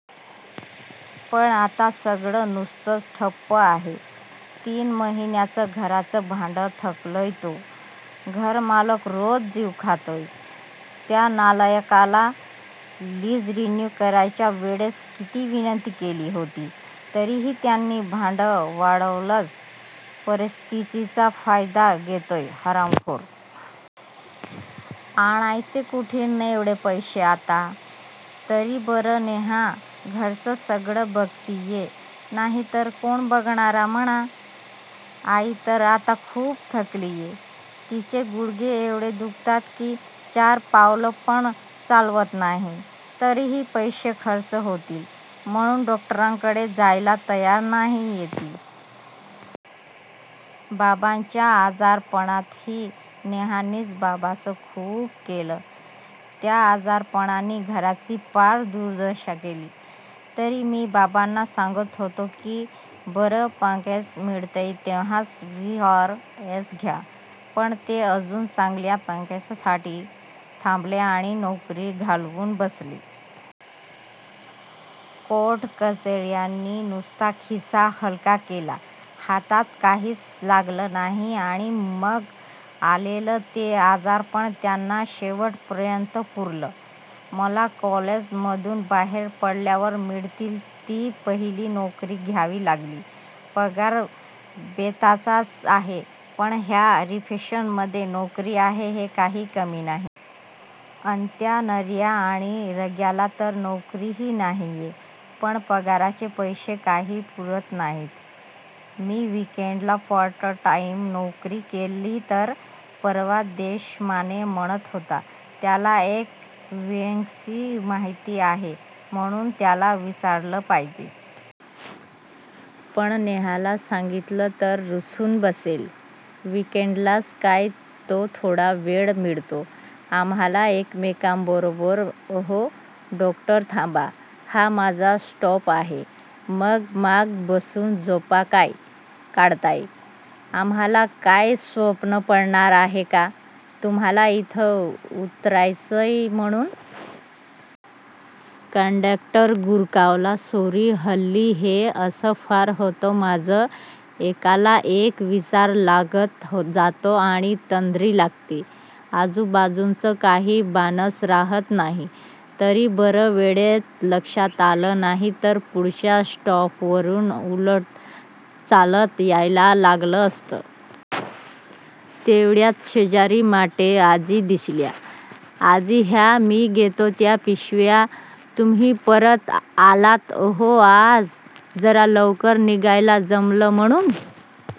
पण आता सगळं नुसतच ठप्प आहे. तीन महिन्याचं घराचं भाडं थकलयं. तो घरमालक रोज जीव खातोय. त्या नालायकाला लीज रिन्यु करायच्या वेळेस किती विनंती केली होती. तरीही त्यानी भाडं वाढवलच. परिस्थितिचा फायदा घेतोय हरामखोर. आणायचे कुठून एवढे पैसे आता? तरी बरं नेहा घरचं सगळं बघतीये. नाहीतर कोण बघणार म्हणा? आई तर आता खूप थकलीये. तिचे गुढघे एवढे दुखतात कि चार पावलं पण चालवत नाही. तरीही पैसे खर्च होतील म्हणून डॉक्टरकडे जायला तयार नाहीये ती. बाबांच्या आजारपणातही नेहानीच बाबांचं खूप केलं. त्या आजारपणानी घराची पार दुर्दशा केली. तरी मी बाबांना सांगत होतो कि बरं पॅकेज मिळतय तेव्हाच व्हि आर एस घ्या. पण ते अजून चांगल्या पॅकेजसाठी थांबले आणि नोकरी घालवून बसले. कोर्ट कचेर्यांनी नुसता खिसा हलका केला. हातात काहिच लागलं नाही. आणि मग आलेलं ते आजारपण त्यांना शेवटपर्यंत पुरलं. मला कॉलेजमधून बाहेर पडल्यावर मिळेल ती पहिली नोकरी घ्यावी लागली. पगार बेताचाच आहे पण ह्या रिसेशन मधे नोकरी आहे हे काही कमी नाही. अंत्या, नर्या आणि रघ्याला तर नोकरीही नाहिये. पण पगाराचे पैसे काही पुरत नाहीत. मी विकेंडला पार्ट टाईम नोकरी केली तर? परवा देशमाने म्हणत होता त्याला एक व्हेकन्सी माहिती आहे म्हणून. त्याला विचारलं पाहिजे. पण नेहाला सांगितलं तर रुसून बसेल. विकेंडलाच काय तो थोडा वेळ मिळतो आम्हाला एकमेकांबरोबर. "अहो कंडक्टर, थांबा.. हा माझा स्टॉप आहे. ""मग माग बसून झोपा काय काढताय? आम्हाला काय स्वप्न पडणार आहे का तुम्हाला इथे उतरायचय म्हणून? " कंडक्टर गुरकावला. "सॉरी"हल्ली हे असं फार होतं माझं. एकाला एक विचार लागत जातो आणि तंद्री लागते. आजुबाजुचं काही भानच रहात नाही. तरी बरं वेळेत लक्षात आलं. नाहीतर पुढच्या स्टॉपवरून उलटं चालत यायला लागलं असतं. तेवढ्यात शेजारी माटे आजी दिसल्या.. "आजी, द्या मी घेतो त्या पिशव्या. ""तुम्ही?.. परत आलात? ""अहो आज जरा लवकर निघायला जमलं म्हणून